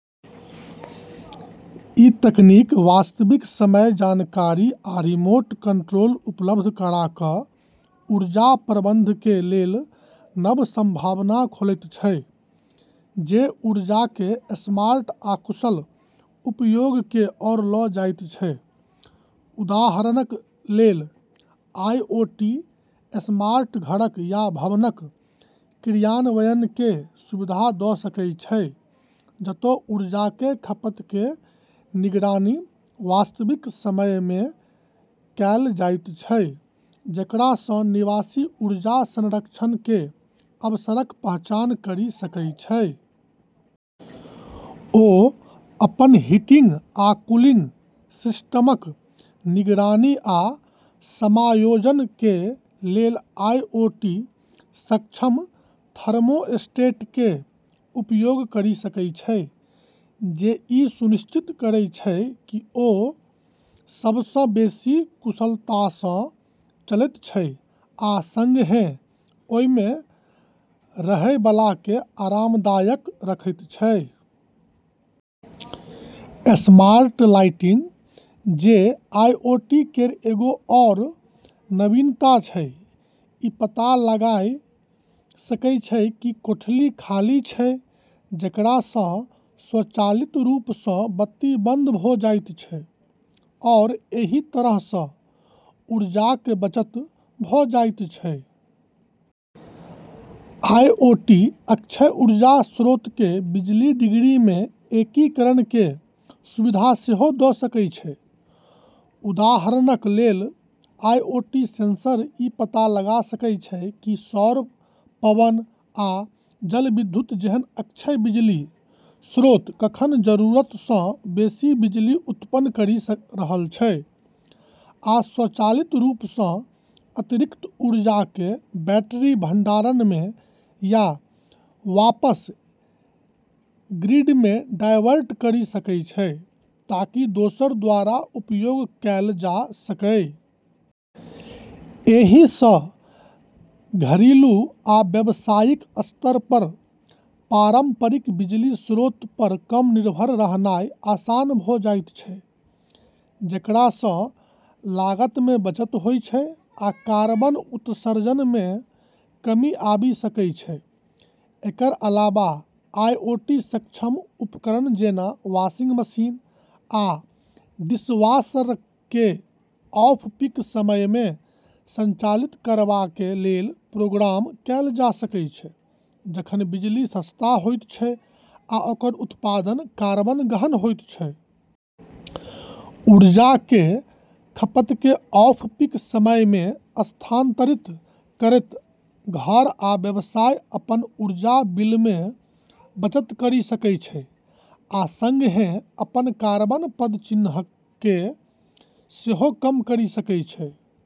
ई तकनीक वास्तविक समय जानकारी आ रिमोट कंट्रोल उपलब्ध करा क' ऊर्जा प्रबंधनके लेल नव संभावना खोलैत छै, जे ऊर्जाके स्मार्ट आ कुशल उपयोगके ओर ल' जाइत छै। उदाहरणक लेल, आईओटी "स्मार्ट" घरक या भवनक क्रियान्वयनके सुविधा द' सकय छै, जत' ऊर्जाके खपतके निगरानी वास्तविक समयमे कैल जाइत छै, जेकरासँ निवासी ऊर्जा संरक्षणके अवसरक पहचान करि सकय छै । ओ अपन हीटिंग आ कूलिंग सिस्टमक निगरानी आ समायोजनके लेल आईओटी-सक्षम थर्मोस्टेटके उपयोग करि सकय छै, जे ई सुनिश्चित करैत छै कि ओ सबसँ बेशी कुशलतासँ चलैत छै आ सङ्गहेँ ओइमे रहैबलाके आरामदायक रखैत छै । स्मार्ट लाइटिंग, जे आईओटी केर एगो आओर नवीनता छै, ई पता लगाइ सकै छै कि कोठली खाली छै, जेकरासँ स्वचालित रूपसँ बत्ती बंद भ' जाइत छै, आओर एहि तरहसँ ऊर्जाके बचत भ' जाइत छै। आईओटी अक्षय ऊर्जा स्रोतके बिजली ग्रिडमे एकीकरणके सुविधा सेहो द' सकय छै । उदाहरणक लेल, आईओटी सेंसर ई पता लगा सकय छै कि सौर, पवन, आ जलविद्युत जेहन अक्षय बिजली स्रोत कखन जरूरतसँ बेशी बिजली उत्पन्न करि रहल छै, आ स्वचालित रूपसँ अतिरिक्त ऊर्जाके बैटरी भंडारणमे या वापस ग्रिडमे डायवर्ट करि सकय छै ताकि दोसर द्वारा उपयोग कैल जा सकय । एहिसँ घरिलु आ व्यावसायिक स्तर पर पारंपरिक बिजली स्रोत पर कम निर्भर रहनाइ आसान भ' जाइत छै, जेकरासँ लागतमे बचत होइत छै आ कार्बन उत्सर्जनमे कमी आबि सकय छै। एकर अलावा, आईओटी-सक्षम उपकरण जेना वाशिंग मशीन आ डिशवॉशरके ऑफ-पीक समयमे संचालित करबाके लेल प्रोग्राम कैल जा सकय छै, जखन बिजली सस्ता होइत छै, आ ओकर उत्पादन कार्बन-गहन होइत छै। ऊर्जाके खपतके ऑफ-पीक समयमे स्थानांतरित करैत घर आ व्यवसाय अपन ऊर्जा बिलमे बचत करि सकय छै आ सङ्गहेँ अपन कार्बन पदचिह्नके सेहो कम करि सकय छै।